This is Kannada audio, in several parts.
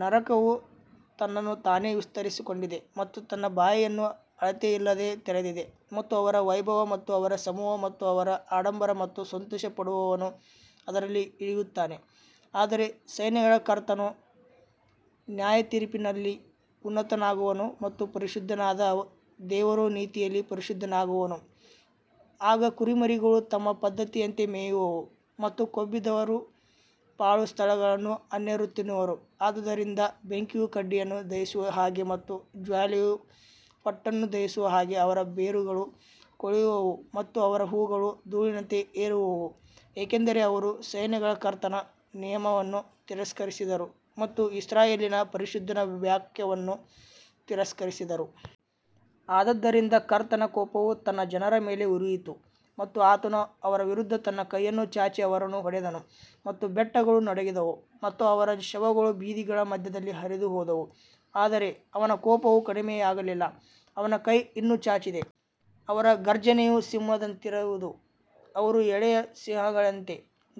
ನರಕವು ತನ್ನನ್ನು ತಾನೇ ವಿಸ್ತರಿಸಿಕೊಂಡಿದೆ ಮತ್ತು ತನ್ನ ಬಾಯಿಯನ್ನು ಅಳತೆಯಿಲ್ಲದೆ ತೆರೆದಿದೆ ಮತ್ತು ಅವರ ವೈಭವ ಮತ್ತು ಅವರ ಸಮೂಹ ಮತ್ತು ಅವರ ಆಡಂಬರ ಮತ್ತು ಸಂತೋಷಪಡುವವನು ಅದರಲ್ಲಿ ಇಳಿಯುತ್ತಾನೆ. ಆದರೆ ಸೈನ್ಯಗಳ ಕರ್ತನು ನ್ಯಾಯತೀರ್ಪಿನಲ್ಲಿ ಉನ್ನತನಾಗುವನು ಮತ್ತು ಪರಿಶುದ್ಧನಾದ ದೇವರು ನೀತಿಯಲ್ಲಿ ಪರಿಶುದ್ಧನಾಗುವನು. ಆಗ ಕುರಿಮರಿಗಳು ತಮ್ಮ ಪದ್ಧತಿಯಂತೆ ಮೇಯುವವು ಮತ್ತು ಕೊಬ್ಬಿದವರ ಪಾಳು ಸ್ಥಳಗಳನ್ನು ಅನ್ಯರು ತಿನ್ನುವರು ಆದದರಿಂದ ಬೆಂಕಿಯು ಕಡ್ಡಿಯನ್ನು ದಹಿಸುವ ಹಾಗೆ ಮತ್ತು ಜ್ವಾಲೆಯು ಹೊಟ್ಟನ್ನು ದಹಿಸುವ ಹಾಗೆ ಅವರ ಬೇರುಗಳು ಕೊಳೆಯುವವು ಮತ್ತು ಅವರ ಹೂವುಗಳು ಧೂಳಿನಂತೆ ಏರುವವು, ಏಕೆಂದರೆ ಅವರು ಸೈನ್ಯಗಳ ಕರ್ತನ ನಿಯಮವನ್ನು ತಿರಸ್ಕರಿಸಿದರು ಮತ್ತು ಇಸ್ರಾಯೇಲಿನ ಪರಿಶುದ್ಧನ ವಾಕ್ಯವನ್ನು ತಿರಸ್ಕರಿಸಿದರು. ಆದದರಿಂದ ಕರ್ತನ ಕೋಪವು ತನ್ನ ಜನರ ಮೇಲೆ ಉರಿಯಿತು ಮತ್ತು ಆತನು ಅವರ ವಿರುದ್ಧ ತನ್ನ ಕೈಯನ್ನು ಚಾಚಿ ಅವರನ್ನು ಹೊಡೆದನು ಮತ್ತು ಬೆಟ್ಟಗಳು ನಡುಗಿದವು ಮತ್ತು ಅವರ ಶವಗಳು ಬೀದಿಗಳ ಮಧ್ಯದಲ್ಲಿ ಹರಿದುಹೋದವು ಆದರೆ ಅವನ ಕೋಪವು ಕಡಿಮೆಯಾಗಲಿಲ್ಲ. ಅವನ ಕೈ ಇನ್ನೂ ಚಾಚಿದೆ ಅವರ ಘರ್ಜನೆಯು ಸಿಂಹದಂತಿರುವದು ಅವರು ಎಳೆಯ ಸಿಂಹಗಳಂತೆ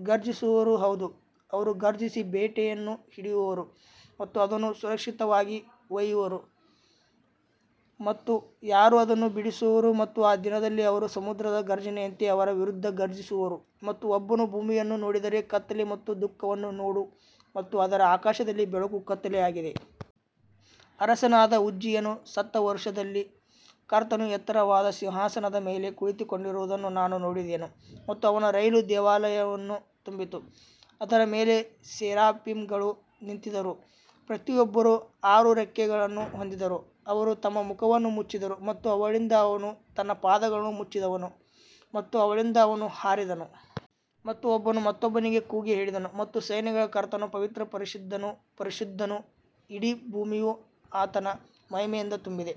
ಗರ್ಜಿಸುವರು ಹೌದು ಅವರು ಘರ್ಜಿಸಿ ಬೇಟೆಯನ್ನು ಹಿಡಿಯುವರು ಮತ್ತು ಅದನ್ನು ಸುರಕ್ಷಿತವಾಗಿ ಒಯ್ಯುವರು ಮತ್ತು ಯಾರೂ ಅದನ್ನು ಬಿಡಿಸುವರು ಮತ್ತು ಆ ದಿನದಲ್ಲಿ ಅವರು ಸಮುದ್ರದ ಘರ್ಜನೆಯಂತೆ ಅವರ ವಿರುದ್ಧ ಘರ್ಜಿಸುವರು ಮತ್ತು ಒಬ್ಬನು ಭೂಮಿಯನ್ನು ನೋಡಿದರೆ ಕತ್ತಲೆ ಮತ್ತು ದುಃಖವನ್ನು ನೋಡು ಮತ್ತು ಅದರ ಆಕಾಶದಲ್ಲಿ ಬೆಳಕು ಕತ್ತಲೆಯಾಗಿದೆ. ಅರಸನಾದ ಉಜ್ಜೀಯನು ಸತ್ತ ವರುಷದಲ್ಲಿ ಕರ್ತನು ಎತ್ತರವಾದ ಸಿಂಹಾಸನದ ಮೇಲೆ ಕುಳಿತುಕೊಂಡಿರುವುದನ್ನು ನಾನು ನೋಡಿದೆನು ಮತ್ತು ಅವನ ರೈಲು ದೇವಾಲಯವನ್ನು ತುಂಬಿತು. ಅದರ ಮೇಲೆ ಸೆರಾಫಿಮ್ಗಳು ನಿಂತಿದ್ದರು, ಪ್ರತಿಯೊಬ್ಬರೂ ಆರು ರೆಕ್ಕೆಗಳನ್ನು ಹೊಂದಿದ್ದರು, ಅವರು ತಮ್ಮ ಮುಖವನ್ನು ಮುಚ್ಚಿದರು ಮತ್ತು ಅವಳಿಂದ ಅವನು ತನ್ನ ಪಾದಗಳನ್ನು ಮುಚ್ಚಿದನು ಮತ್ತು ಅವಳಿಂದ ಅವನು ಹಾರಿದನು. ಮತ್ತು ಒಬ್ಬನು ಮತ್ತೊಬ್ಬನಿಗೆ ಕೂಗಿ ಹೇಳಿದನು ಮತ್ತು ಸೈನ್ಯಗಳ ಕರ್ತನು ಪವಿತ್ರ ಪರಿಶುದ್ಧನು ಪರಿಶುದ್ಧನು, ಇಡೀ ಭೂಮಿಯು ಆತನ ಮಹಿಮೆಯಿಂದ ತುಂಬಿದೆ.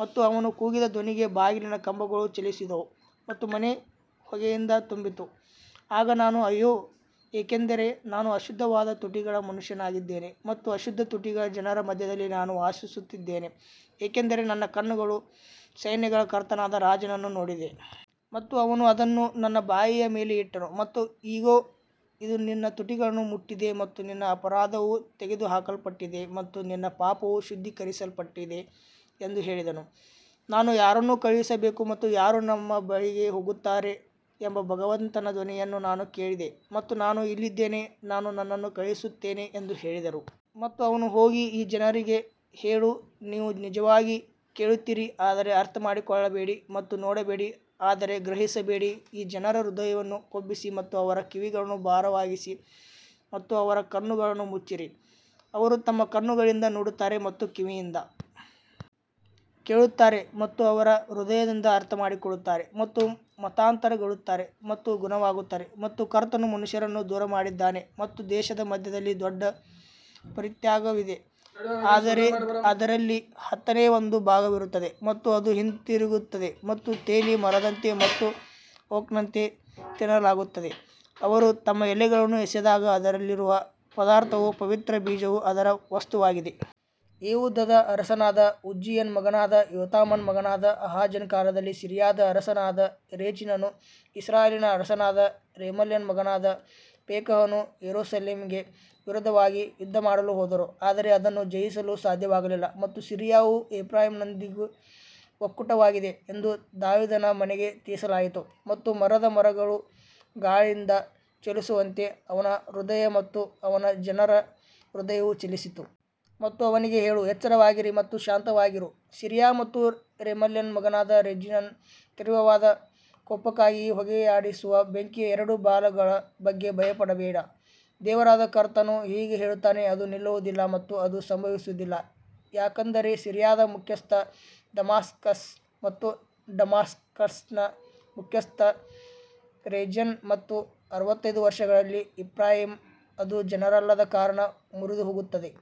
ಮತ್ತು ಅವನು ಕೂಗಿದ ಧ್ವನಿಗೆ ಬಾಗಿಲಿನ ಕಂಬಗಳು ಚಲಿಸಿದವು ಮತ್ತು ಮನೆ ಹೊಗೆಯಿಂದ ತುಂಬಿತ್ತು ಆಗ ನಾನು ಅಯ್ಯೋ, ಏಕೆಂದರೆ ನಾನು ಅಶುದ್ಧವಾದ ತುಟಿಗಳ ಮನುಷ್ಯನಾಗಿದ್ದೇನೆ ಮತ್ತು ಅಶುದ್ಧ ತುಟಿಗಳ ಜನರ ಮಧ್ಯದಲ್ಲಿ ನಾನು ವಾಸಿಸುತ್ತಿದ್ದೇನೆ ಏಕೆಂದರೆ ನನ್ನ ಕಣ್ಣುಗಳು ಸೈನ್ಯಗಳ ಕರ್ತನಾದ ರಾಜನನ್ನು ನೋಡಿದೆ. ಮತ್ತು ಅವನು ಅದನ್ನು ನನ್ನ ಬಾಯಿಯ ಮೇಲೆ ಇಟ್ಟನು ಮತ್ತು ಇಗೋ ಇದು ನಿನ್ನ ತುಟಿಗಳನ್ನು ಮುಟ್ಟಿದೆ ಮತ್ತು ನಿನ್ನ ಅಪರಾಧವು ತೆಗೆದುಹಾಕಲ್ಪಟ್ಟಿದೆ ಮತ್ತು ನಿನ್ನ ಪಾಪವು ಶುದ್ಧೀಕರಿಸಲ್ಪಟ್ಟಿದೆ ಎಂದು ಹೇಳಿದನು. ನಾನು ಯಾರನ್ನು ಕಳುಹಿಸಬೇಕು ಮತ್ತು ಯಾರು ನಮ್ಮ ಬಳಿಗೆ ಹೋಗುತ್ತಾರೆ ಎಂಬ ಭಗವಂತನ ಧ್ವನಿಯನ್ನು ನಾನು ಕೇಳಿದೆ ಮತ್ತು ನಾನು ಇಲ್ಲಿದ್ದೇನೆ ನಾನು ನನ್ನನ್ನು ಕಳುಹಿಸುತ್ತೇನೆ ಎಂದು ಹೇಳಿದರು. ಮತ್ತು ಅವನು ಹೋಗಿ ಈ ಜನರಿಗೆ ಹೇಳು ನೀವು ನಿಜವಾಗಿ ಕೇಳುತ್ತೀರಿ ಆದರೆ ಅರ್ಥಮಾಡಿಕೊಳ್ಳಬೇಡಿ ಮತ್ತು ನೋಡಬೇಡಿ ಆದರೆ ಗ್ರಹಿಸಬೇಡಿ ಈ ಜನರ ಹೃದಯವನ್ನು ಕೊಬ್ಬಿಸಿ ಮತ್ತು ಅವರ ಕಿವಿಗಳನ್ನು ಭಾರವಾಗಿಸಿ ಮತ್ತು ಅವರ ಕಣ್ಣುಗಳನ್ನು ಮುಚ್ಚಿರಿ ಅವರು ತಮ್ಮ ಕಣ್ಣುಗಳಿಂದ ನೋಡುತ್ತಾರೆ ಮತ್ತು ಕಿವಿಯಿಂದ ಕೇಳುತ್ತಾರೆ ಮತ್ತು ಅವರ ಹೃದಯದಿಂದ ಅರ್ಥಮಾಡಿಕೊಳ್ಳುತ್ತಾರೆ ಮತ್ತು ಮತಾಂತರಗೊಳ್ಳುತ್ತಾರೆ ಮತ್ತು ಗುಣವಾಗುತ್ತಾರೆ ಮತ್ತು ಕರ್ತನು ಮನುಷ್ಯರನ್ನು ದೂರಮಾಡಿದ್ದಾನೆ ಮತ್ತು ದೇಶದ ಮಧ್ಯದಲ್ಲಿ ದೊಡ್ಡ ಪರಿತ್ಯಾಗವಿದೆ ಆದರೆ ಅದರಲ್ಲಿ ಹತ್ತನೇ ಒಂದು ಭಾಗವಿರುತ್ತದೆ ಮತ್ತು ಅದು ಹಿಂತಿರುಗುತ್ತದೆ ಮತ್ತು ತೇಲಿ ಮರದಂತೆ ಮತ್ತು ಓಕ್ನಂತೆ ತಿನ್ನಲಾಗುತ್ತದೆ, ಅವರು ತಮ್ಮ ಎಲೆಗಳನ್ನು ಎಸೆದಾಗ ಅದರಲ್ಲಿರುವ ಪದಾರ್ಥವು ಪವಿತ್ರ ಬೀಜವು ಅದರ ವಸ್ತುವಾಗಿದೆ. ಯೆಹೂದದ ಅರಸನಾದ ಉಜ್ಜೀಯನ ಮಗನಾದ ಯೋತಾಮನ ಮಗನಾದ ಆಹಾಜನ ಕಾಲದಲ್ಲಿ ಸಿರಿಯಾದ ಅರಸನಾದ ರೆಚೀನನೂ ಇಸ್ರಾಯೇಲಿನ ಅರಸನಾದ ರೆಮಲ್ಯನ ಮಗನಾದ ಪೆಕಹನೂ ಯೆರೂಸಲೇಮಿಗೆ ವಿರೋಧವಾಗಿ ಯುದ್ಧಮಾಡಲು ಹೋದರು ಆದರೆ ಅದನ್ನು ಜಯಿಸಲು ಸಾಧ್ಯವಾಗಲಿಲ್ಲ. ಮತ್ತು ಸಿರಿಯಾವು ಎಫ್ರಾಯೀಮ್ನೊಂದಿಗೆ ಒಕ್ಕೂಟವಾಗಿದೆ ಎಂದು ದಾವೀದನ ಮನೆಗೆ ತಿಳಿಸಲಾಯಿತು ಮತ್ತು ಮರದ ಮರಗಳು ಗಾಳಿಯಿಂದ ಚಲಿಸುವಂತೆ ಅವನ ಹೃದಯ ಮತ್ತು ಅವನ ಜನರ ಹೃದಯವು ಚಲಿಸಿತು. ಮತ್ತು ಅವನಿಗೆ ಹೇಳು, ಎಚ್ಚರವಾಗಿರಿ ಮತ್ತು ಶಾಂತವಾಗಿರು, ಸಿರಿಯಾ ಮತ್ತು ರೆಮಲ್ಯನ ಮಗನಾದ ರೆಜೀನನ ತೀವ್ರವಾದ ಕೋಪಕ್ಕಾಗಿ ಈ ಹೊಗೆಯಾಡಿಸುವ ಬೆಂಕಿಯ ಎರಡು ಬಾಲಗಳ ಬಗ್ಗೆ ಭಯಪಡಬೇಡ. ದೇವರಾದ ಕರ್ತನು ಹೀಗೆ ಹೇಳುತ್ತಾನೆ ಅದು ನಿಲ್ಲುವುದಿಲ್ಲ ಮತ್ತು ಅದು ಸಂಭವಿಸುವುದಿಲ್ಲ ಯಾಕಂದರೆ ಸಿರಿಯಾದ ಮುಖ್ಯಸ್ಥ ದಮಾಸ್ಕಸ್ ಮತ್ತು ಡಮಾಸ್ಕಸ್ನ ಮುಖ್ಯಸ್ಥ ರೆಜಿನ್ ಮತ್ತು ಅರವತ್ತೈದು ವರ್ಷಗಳಲ್ಲಿ ಎಫ್ರಾಯೀಮ್ ಅದು ಜನರಲ್ಲದ ಕಾರಣ ಮುರಿದುಹೋಗುತ್ತದೆ.